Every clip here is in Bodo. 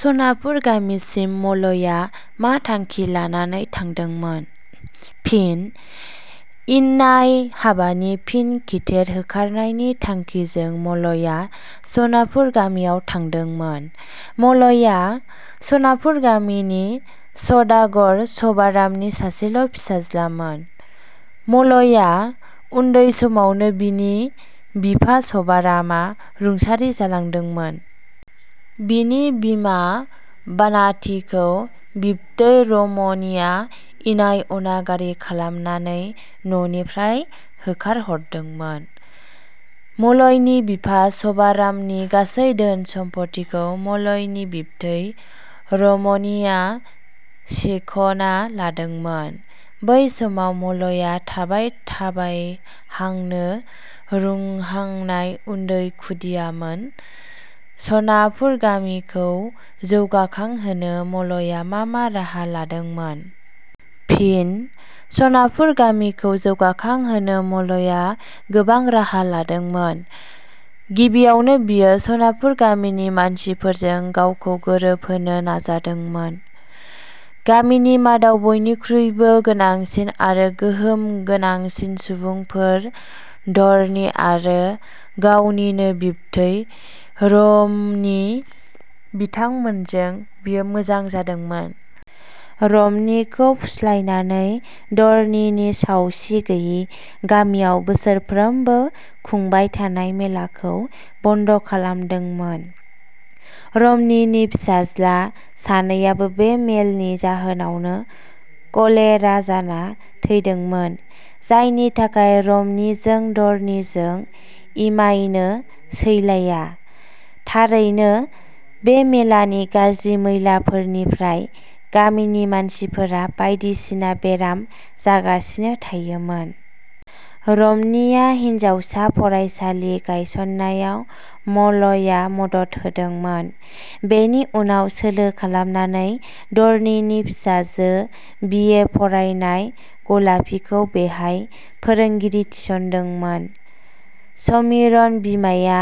सनापुर गामिसिम मलया मा थांखि लानानै थांदोंमोन? फिनः इनाय हाबानि फिन खिथेर होखारनायनि थांखिजों मलया सनापुर गामियाव थांदोंमोन। मलया सनापुर गामिनि सदागर सभारामनि सासेल' फिसाज्लामोन। मलया उन्दै समावनो बिनि बिफा सभारामआ रुसारि जालांदोंमोन। बिनि बिमा बानाथिखौ बिबथै रमनिया इनाय अनागारि खालामनानै न'निफ्राय होखारहरदोंमोन। मलयनि बिफा सभारामनि गासै धोन सम्फथिखौ मलयनि बिबथै रमनिया सिखनानै लादोंमोन। बै समाव मलया थाबाय थाबायहांनो रोंहांनाय उन्दै खुदियामोन। सनापुर गामिखौ जौगाखांहोनो मलया मा मा राहा लादोंमोन? फिनः सनापुर गामिखौ जौगाखांहोनो मलया गोबां राहा लादोंमोन। गिबियावनो बियो सनापुर गामिनि मानसिफोरजों गावखौ गोरोबहोनो नाजादोंमोन। गामिनि मादाव बयनिखुइबो गोनांसिन आरो गोहोम गोनांसिन सुबुंफोर धरनि आरो गावनिनो बिबथै रमनि, बिथांमोनजों बियो मोजां जादोंमोन। रमनिखौ फुस्लायनानै धरनिनि सावसि गैयि गामियाव बोसोरफ्रोमबो खुंबायथानाय मेलाखौ बन्द खालामदोंमोन। रमनिनि फिसाज्ला सानैयाबो बे मेलनि जाहोनावनो कलेरा जाना थैदोंमोन जायनि थाखाय रमनिजों धरनिजों इमायनो सैलाया। थारैनो बे मेलानि गाज्रि मैलाफोरनिफ्राय गामिनि मानसिफोरा बायदिसिना बेराम जागासिनो थायोमोन। रमनिया हिनजावसा फरायसालि गायसननायाव मलया मदद होदोंमोन। बेनि उनाव सोलो खालामनानै धरनिनि फिसाजो बि. ए. फरायनाय गलापीखौ बेहाय फोरोंगिरि थिसनदोंमोन। समिरन बिमाया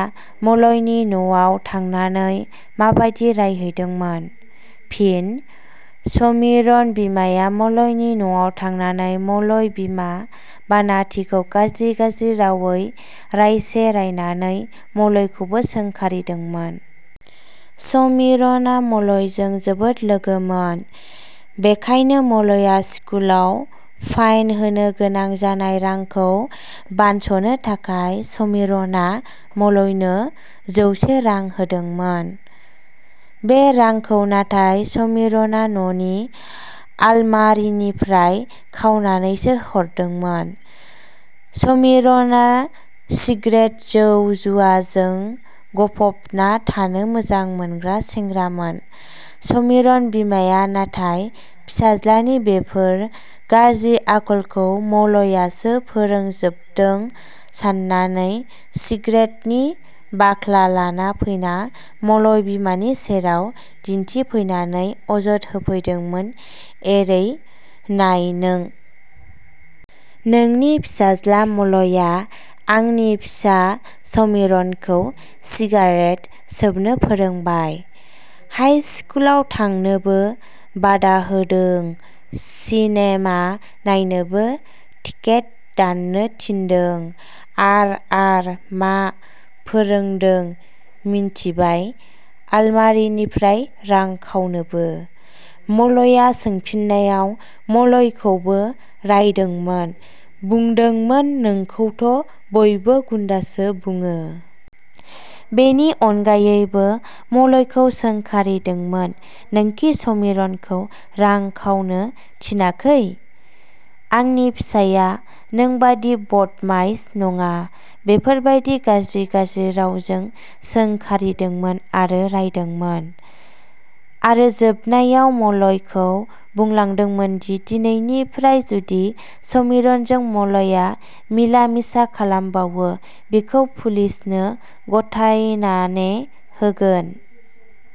मलयनि न'आव थांनानै माबादि रायहैदोंमोन? फिनः समिरन बिमाया मलयनि न 'आव थांनानै मलय बिमा बानाथिखौ गाज्रि गाज्रि रावै रायसे रायनानै मलयखौबो सोंखारिदोंमोन। समिरनआ मलयजों जोबोद लोगोमोन। बेखायनो मलया स्कुलाव फाइन होनो गोनां जानाय रांखौ बानस 'नो थाखाय समिरनआ मलयनो जौसे रां होदोंमोन। बे रांखौ नाथाय समिरनआ न 'नि आलमारिनिफ्राय खावनानैसो हरदोंमोन। समिरनआ सिग्रेत, जौ जुवाजों गफबना थानो मोजां मोनग्रा सेंग्रामोन समिरन बिमाया नाथाय फिसाज्लानि बेफोर गाज्रि आखलखौ मलयासो फोरोंजुबदों साननानै सिग्रेतनि बाखला लाना फैना मलय बिमानि सेराव दिन्थिफैनानै अजद होफैदोंमोन एरै- "नाय नों। नोंनि फिसाज्ला मलया आंनि फिसा समिरनखौ सिगारेट सोबनो फोरोंबाय, हाइस्कुलाव थांनोबो बाधा होदों सिनेमा नायनोबो टिकेट दाननो थिन्दों आर… आर…. मा. फोरोंदों मिन्थिबाय आलमारिनिफ्राय रां खावनोबो"। मलया सोंफिननायाव मलयखौबो रायदोंमोन। बुंदोंमोन नोंखौथ' बयबो गुन्दासो बुङो। बेनि अनगायैबो मलयखौ सोंखारिदोंमोन "नोंखि समिरनखौ रां खावनो थिनाखै? आंनि फिसाया नोंबादि बदमाइस नङा बेफोरबादि गाज्रि गाज्रि रावजों सोंखारिदोंमोन आरो रायदोंमोन। आरो जोबनायाव मलयखौ बुंलांदोंमोनदि "दिनैनिफ्राय जुदि समिरनजों मलया मिला मिसा खालामबावो बिखौ पुलिसनो गथायनाने होगोन।